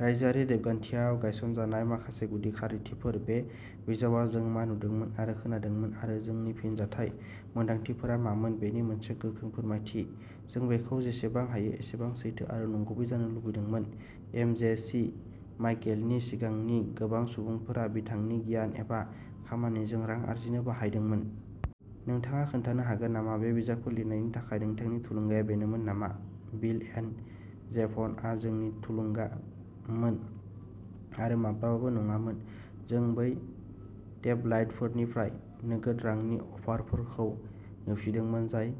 रायजोआरि रेबगान्थियाव गायसनजानाय माखासे गुदि खारिथिफोर बे बिजाबआ जों मा नुदोंमोन आरो खोनादोंमोन आरो जोंनि फिनजाथाय मोनदांथिफोरा मामोन बेनि मोनसे गोख्रों फोरमायथि। जों बेखौ जेसेबां हायो एसेबां सैथो आरो नंगुबै जानो लुबैदोंमोन। एमजेजेसि माइकेलनि सिगांनि गोबां सुबुंफोरा बिथांनि गियान एबा खामानिजों रां आर्जिनो बाहायदोंमोन। नोंथाङा खोन्थानो हागोन नामा बे बिजाबखौ लिरनायनि थाखाय नोंथांनि थुलुंगाया बेनोमोन नामा? बिल एन्ड जेभनआ जोंनि थुलुंगामोन आरो माब्लाबाबो नङामोन। जों बै टेबलाइडफोरनिफ्राय नोगोद रांनि अफारफोरखौ नेवसिदोंमोन जाय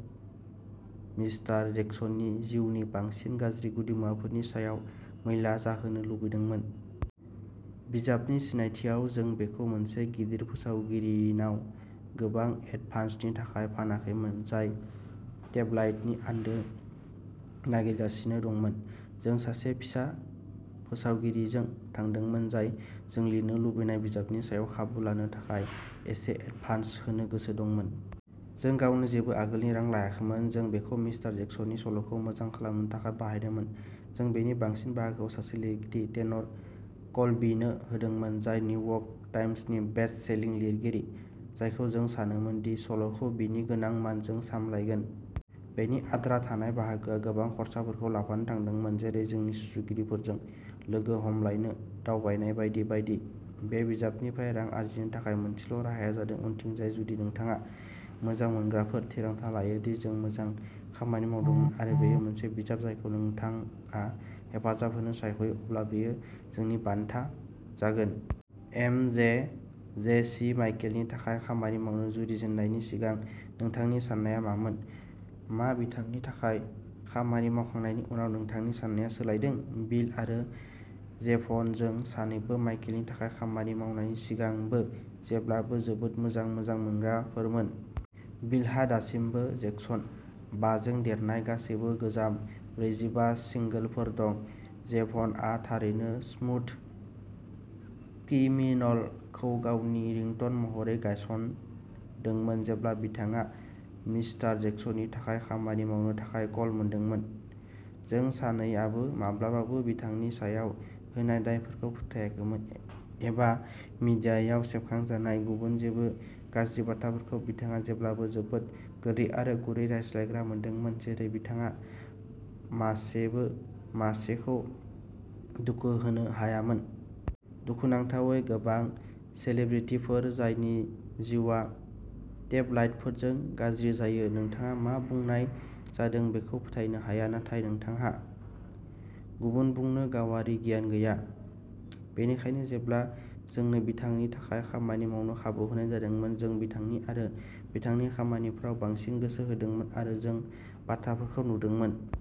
मिस्टार जेक्सननि जिउनि बांसिन गाज्रि गुदि मुवाफोरनि सायाव मैला जाहोनो लुबैदोंमोन। बिजाबनि सिनायथिआव जों बेखौ मोनसे गिदिर फोसावगिरिनाव गोबां एडभान्सनि थाखाय फानाखैमोन, जाय टेबलाइडनि आन्दो नागिरगासिनो दंमोन। जों सासे फिसा फोसावगिरिजों थांदोंमोन, जाय जों लिरनो लुबैनाय बिजाबनि सायाव खाबु लानो थाखाय एसे एडभान्स होनो गोसो दंमोन। जों गावनो जेबो आगोलनि रां लायाखैमोन। जों बेखौ मिस्टार जेक्सननि सल'खौ मोजाङै खालामनो थाखाय बाहायदोंमोन। जों बेनि बांसिन बाहागोखौ सासे लिरगिरि, टेनर कल्बीनो होदोंमोन, जाय निउयर्क टाइम्सनि बेस्टसेलिं लिरगिरि, जायखौ जों सानोमोन दि सल'खौ बिनि गोनां मानजों सामलायगोन। बेनि आद्रा थानाय बाहागोआ गोबां खर्साफोरखौ लाफानो थांदोंमोन, जेरै जोंनि सुजुगिरिफोरजों लोगो हमलायनो दावबायनाय बायदि बायदि। बे बिजाबनिफ्राय रां आर्जिनो थाखाय मोनसेल' राहाया जादों उनथिंजाय जुदि नोंथाङा, मोजां मोनग्राफोर, थिरांथा लायो दि जों मोजां खामानि मावदोंमोन आरो बेयो मोनसे बिजाब जायखौ नोंथाङा हेफाजाब होनो सायख'यो, अब्ला बेयो जोंनि बान्था जागोन। एमजेजेसी माइकेलनि थाखाय खामानि मावनो जुरिजेननायनि सिगां नोंथांनि साननायआ मामोन? मा बिथांनि थाखाय खामानि मावखांनायनि उनाव नोंथांनि साननाया सोलायदों? बिल आरो जेभन जों सानैबो माइकेलनि थाखाय खामानि मावनायनि सिगांबो जेब्लाबो जोबोद मोजां मोजां मोनग्राफोरमोन। बिलहा दासिमबो जेक्सन बाजों देरनाय गासैबो गोजाम ब्रैजिबा सिंगोलफोर दं। जेभ'नआ थारैनो स्मुथ क्रिमिनल खौ गावनि रिंटन महरै गायसनदोंमोन जेब्ला बिथाङा मिस्टार जेक्सननि थाखाय खामानि मावनो थाखाय कल मोनदोंमोन। जों सानैआबो माब्लाबाबो बिथांनि सायाव होनाय दायफोरखौ फोथायाखैमोन एबा मिडियायाव सेबखांजानाय गुबुन जेबो गाज्रि बाथ्राफोरखौ बिथाङा जेब्लाबो जोबोद गोदै आरो गुरै रायज्लायग्रा मोनदोंमोन, जेरै बिथाङा मासेबो मासेखौ दुखु होनो हायामोन। दुखुनांथावै, गोबां सेलिब्रिटिफोर जायनि जिउआ टेबलाइडफोरजों गाज्रि जायो, नोंथाङा मा बुंनाय जादों बेखौ फोथायनो हाया नाथाय नोंथांहा गुबुन बुंनो गावारि गियान गैया। बेनिखायनो जेब्ला जोंनो बिथांनि थाखाय खामानि मावनो खाबु होनाय जादोंमोन, जों बिथांनि आरो बिथांनि खामानिफोराव बांसिन गोसो होदोंमोन आरो जों बाथ्राफोरखौ नुदोंमोन।